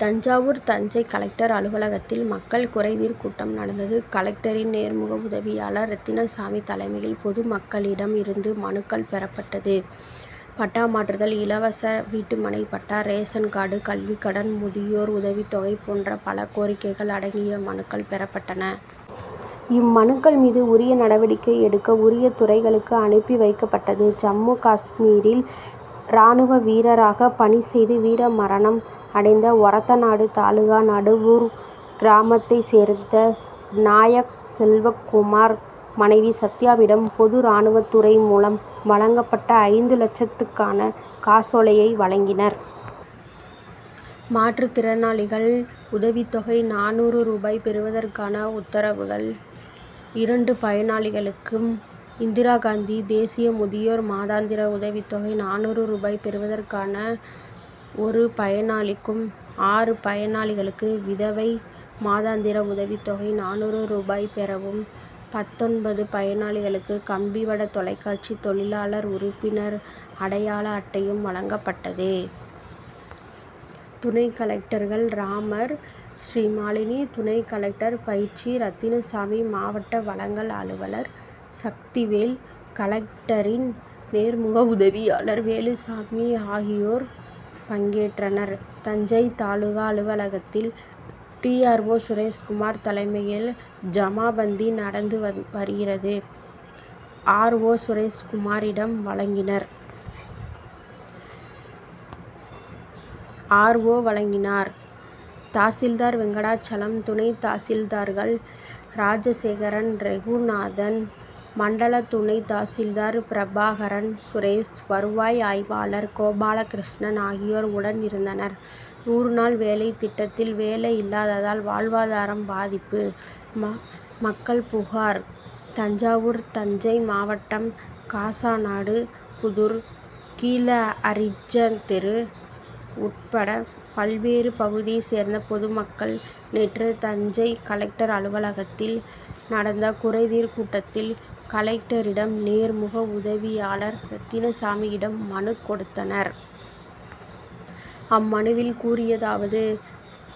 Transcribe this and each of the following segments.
Thanjavur Thanjai collector அலுவலகத்தில் மக்கள் குறைதீர் கூட்டம் நடந்தது. கலெக்டரின் நேர்முக உதவியாளர் ரெத்தினசாமி தலைமையில் பொதுமக்களிடம் இருந்து மனுக்கள் பெறப்பட்டது. பட்டா மாறுதல், இலவச வீட்டுமனை பட்டா, ரேஷன் கார்டு, கல்விக்கடன், முதியோர் உதவித்தொகை போன்ற பல கோரிக்கைகள் அடங்கிய மனுக்கள் பெறப்பட்டன. இம்மனுக்கள் மீது உரிய நடவடிக்கை எடுக்க உரிய துறைகளுக்கு அனுப்பி வைக்கப்பட்டது. ஜம்மு காஷ்மீரில் ராணுவ வீரராக பணி செய்து வீரமரணம் அடைந்த ஒரத்தநாடு தாலுகா நடுவூர் கிராமத்தைச் சேர்ந்த நாயக்செல்வகுமார் மனைவி சத்யாவிடம் பொது ராணுவத்துறை மூலம் வழங்கப்பட்ட ஐந்து லட்சத்துக்கான காசோலையை வழங்கினர். மாற்றுத்திறனாளிகள் உதவித்தொகை நானூறு ரூபாய் பெறுவதற்கான உத்தரவுகள் இரண்டு பயனாளிகளுக்கும், இந்திராகாந்தி தேசிய முதியோர் மாதாந்திர உதவித்தொகை நானூறு ரூபாய் பெறுவதற்கான ஒரு பயனாளிக்கும், ஆறு பயனாளிகளுக்கு விதவை மாதாந்திர உதவித்தொகை நானூறு ரூபாய் பெறவும், பத்தொன்பது பயனாளிகளுக்கு கம்பிவட தொலைக்காட்சி தொழிலாளர் உறுப்பினர் அடையாள அட்டையும் வழங்கப்பட்டது. துணை கலெக்டர்கள் ராமர், ஸ்ரீமாலினி, துணை கலெக்டர் பயிற்சி ரத்தினசாமி, மாவட்ட வழங்கல் அலுவலர் சக்திவேல், கலெக்டரின் நேர்முக உதவியாளர் வேலுசாமி ஆகியோர் பங்கேற்றனர். தஞ்சை தாலுகா அலுவலகத்தில் டி. ஆர். ஓ., சுரேஷ்குமார் தலைமையில் ஜமாபந்தி நடந்து வருகிறது. ஆர். ஓ., சுரேஷ்குமாரிடம் வழங்கினர். ஆர். ஓ., வழங்கினார். தாசில்தார் வெங்கடாசலம், துணை தாசில்தார்கள் ராஜசேகரன், ரெகுநாதன், மண்டல துணை தாசில்தார் பிரபாகரன், சுரேஷ், வருவாய் ஆய்வாளர் கோபாலகிருஷ்ணன் ஆகியோர் உடனிருந்தனர். நூறு நாள் வேலை திட்டத்தில் வேலையில்லாததால் வாழ்வாதாரம் பாதிப்பு: மக்கள் புகார் தஞ்சாவூர் தஞ்சை மாவட்டம் காசாநாடு புதூர் கீழஅரிஜனத்தெரு உட்பட பல்வேறு பகுதியைச் சேர்ந்த பொதுமக்கள் நேற்று தஞ்சை கலெக்டர் அலுவலகத்தில் நடந்த குறைதீர் கூட்டத்தில் கலெக்டரிடம் நேர்முக உதவியாளர் ரெத்தினசாமியிடம் மனுக்கொடுத்தனர். அம்மனுவில் கூறியதாவது: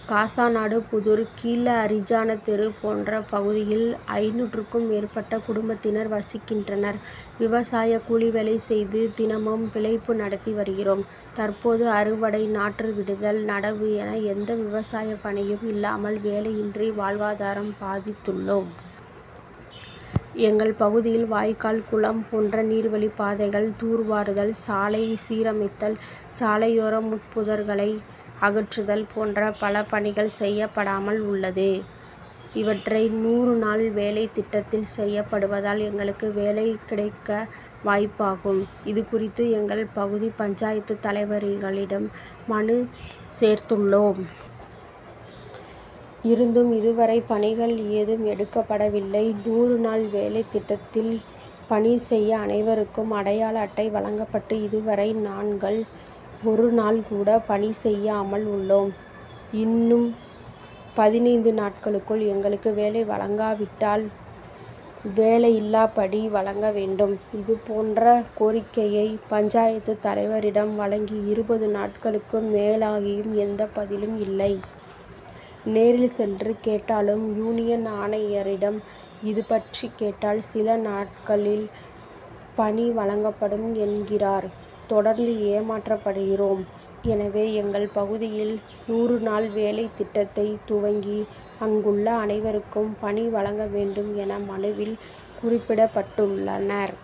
காசநாடு புதூர், கீழ அரிஜன தெரு போன்ற பகுதியில் ஐந்நூற்றுக்கும் மேற்பட்ட குடும்பத்தினர் வசிக்கின்றனர். விவசாய கூலி வேலை செய்து தினமும் பிழைப்பு நடத்தி வருகிறோம். தற்போது அறுவடை, நாற்றுவிடுதல், நடவு என எந்த விவசாய பணியும் இல்லாமல் வேலையின்றி வாழ்வாதாரம் பாதித்துள்ளோம். எங்கள் பகுதியில் வாய்கால், குளம் போன்ற நீர்வழிப்பாதைகள் தூர்வாருதல், சாலை சீரமைத்தல், சாலையோர முட்புதர்களை அகற்றுதல் போன்ற பல பணிகள் செய்யப்படாமல் உள்ளது. இவற்றை நூறு நாள் வேலை திட்டத்தில் செய்யப்படுவதால், எங்களுக்கு வேலை கிடைக்க வாய்ப்பாகும். இதுகுறித்து, எங்கள் பகுதி பஞ்சாயத்து தலைவர்களிடம் மனுச் சேர்த்துள்ளோம். இருந்தும், இதுவரை பணிகள் ஏதும் எடுக்கப்படவில்லை. நூறு நாள் வேலை திட்டத்தில் பணி செய்ய அனைவருக்கும் அடையாள அட்டை வழங்கப்பட்டு, இதுவரை நாங்கள் ஒரு நாள் கூட பணி செய்யாமல் உள்ளோம். இன்னும் பதினைந்து நாட்களுக்குள் எங்களுக்கு வேலை வழங்காவிட்டால் வேலையில்லாப்படி வழங்க வேண்டும். இதுபோன்ற கோரிக்கையை பஞ்சாயத்து தலைவரிடம் வழங்கி இருபது நாட்களுக்கு மேலாகியும் எந்த பதிலும் இல்லை. நேரில் சென்று கேட்டாலும், யூனியன் ஆணையரிடம் இதுபற்றி கேட்டால் சில நாட்களில் பணி வழங்கப்படும் என்கிறார். தொடர்ந்து ஏமாற்றப்படுகிறோம். எனவே, எங்கள் பகுதியில் நூறு நாள் வேலைத்திட்டத்தை துவங்கி அங்குள்ள அனைவருக்கும் பணி வழங்க வேண்டும், என மனுவில் குறிப்பிடப்பட்டுள்ளனர்.